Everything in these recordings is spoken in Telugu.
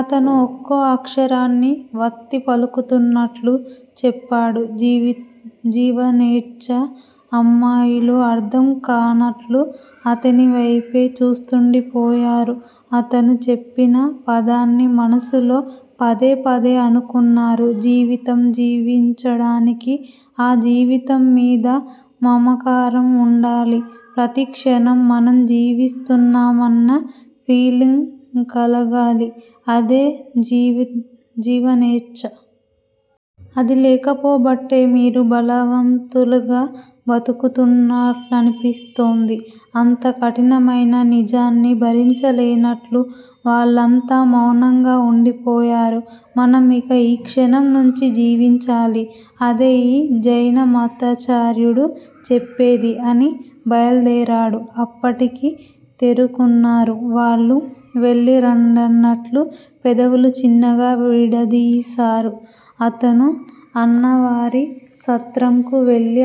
అతను ఒక్కో అక్షరాన్ని వత్తి పలుకుతున్నట్లు చెప్పాడు జీవనేచ్చ. అమ్మాయిలు అర్థం కానట్లు అతనివైపే చూస్తుండిపోయారు. అతను చెప్పిన పదాన్ని మనసులో పదే పదే అనుకున్నారు. జీవితం జీవించడానికి. ఆ జీవితం మీద మమకారం వుండాలి. ప్రతిక్షణం మనం జీవిస్తున్నామన్న ఫీలింగ్ కలగాలి. అదే జీవనేచ్ఛ. అది లేకపోబట్టే మీరు బలవంతులుగా బతుకుతున్నట్లనిపిస్తోంది. అంత కఠినమయిన నిజాన్ని భరించలేనట్లు వాళ్ళంతా మౌనంగా వుండిపోయారు. మనం ఇక ఈ క్షణం నుంచీ జీవించాలి. అదే ఈ జైనమతాచార్యుడు చెప్పేది అని బయల్దేరాడు. అప్పటికి తెరుకున్నారు వాళ్ళు. వెళ్ళి రండన్నట్లు పెదవులు చిన్నగా విడదీశారు. అతను అన్నావారి సత్రంకు వెళ్ళి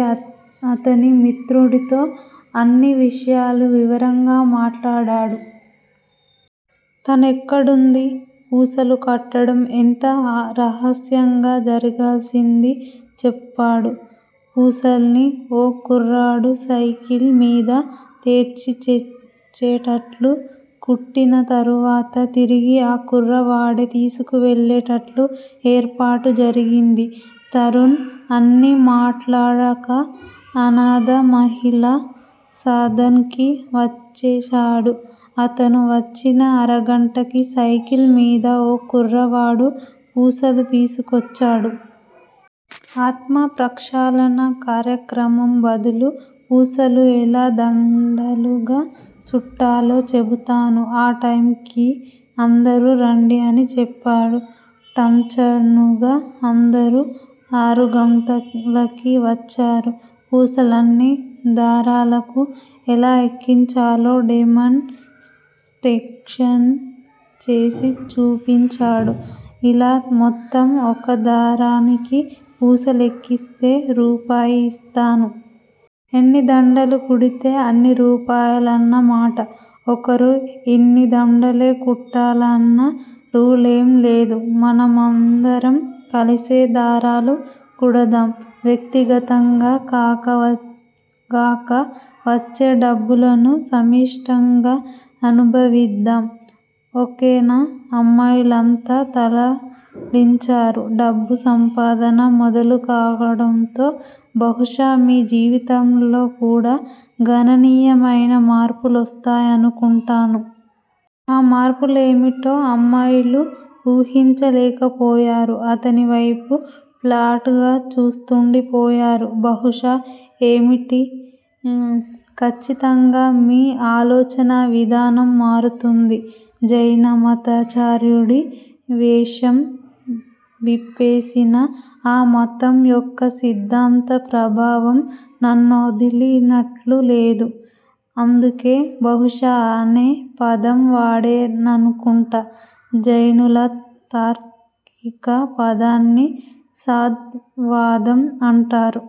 అతని మిత్రుడితో అన్ని విషయాలు వివరంగా మాట్లాడాడు. తనెక్కడుందీ, పూసలు కట్టడం ఎంత రహస్యంగా జరగాల్సిందీ చెప్పాడు. పూసల్ని ఓ కుర్రాడు సైకిల్ మీద తెచ్చిచ్చేటట్లు, కుట్టిన తరువాత తిరిగి ఆ కుర్రాడే తీసుకువెళ్ళేటట్లు ఏర్పాటు జరిగింది. తరుణ్ అన్నీ మాట్లాడాక అనాథ మహిళా సదన్ కి వచ్చేశాడు. అతను వచ్చిన అరగంటకి సైకిల్ మీద ఓ కుర్రవాడు పూసలు తీసుకొచ్చాడు. ఆత్మ ప్రక్షాళన కార్యక్రమం బదులు పూసలు ఎలా దండలుగా చుట్టాలో చెబుతాను. ఆ టైమ్ కి అందరూ రండి అని చెప్పాడు. ఠంచనుగా అందరూ ఆరుగంటలకి వచ్చారు. పూసల్ని దారాలకు ఎలా ఎక్కించాలో డెమాన్ స్ట్రేచన్ చేసి చూపించాడు. ఇలా మొత్తం ఒక దారానికి పూసలు ఎక్కిస్తే రూపాయి ఇస్తాను. ఎన్ని దండలు కుడితే అన్ని రూపాయలన్న మాట. ఒకరు ఇన్ని దండలే కుట్టాలన్న రూలేం లేదు. మనమందరం కలిసే దారాలు కుడదాం. వ్యక్తిగతంగా కాక వచ్చే డబ్బులను సమిష్టిగా అనుభవిద్దాం. ఓకేనా? అమ్మాయిలంతా తలలాడించారు. డబ్బు సంపాదన మొదలుకావడంతో బహుశా మీ జీవితంలో కూడా గణనీయమైన మార్పులొస్తాయనుకుంటాను. ఆ మార్పులేమిటో అమ్మాయిలు వూహించుకోలేకపోయారు. అతనివైపు ప్లాట్ గా చూస్తుండిపోయారు. బహుశా ఏమిటి? ఖచ్చితంగా మీ ఆలోచనావిధానం మారుతుంది. జైనమతాచార్యుడి వేషం విప్పేసినా ఆ మతం యొక్క సిద్ధాంత ప్రభావం నన్నొదిలినట్లు లేదు. అందుకే బహుశా అనే పదం వాడేననుకుంటా. జైనుల తార్కిక వాదాన్ని 'స్కాద్ వాదం' అంటారు.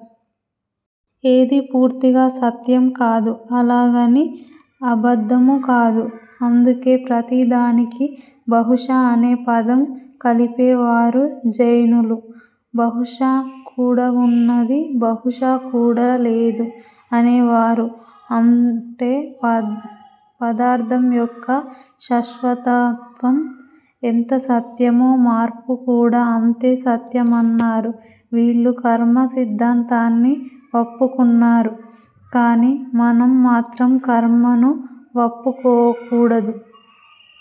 ఏదీ పూర్తిగా సత్యం కాదు. అలాగని అబద్ధమూ కాదు. అందుకే ప్రతిదానికీ 'బహుశా' అనే పదం కలిపేవారు జైనులు. 'బహుశా కూడవున్నది. బహుశా కూడ లేదు' అనేవారు. అంటే పదార్ధం యొక్క శాశ్వతత్వం ఎంత సత్యమో, మార్పుకూడా అంతే సత్యమన్నారు. వీళ్ళూ కర్మసిద్ధాంతాన్ని వప్పుకున్నారు. కానీ మనం మాత్రం కర్మను వప్పుకోకూడదు.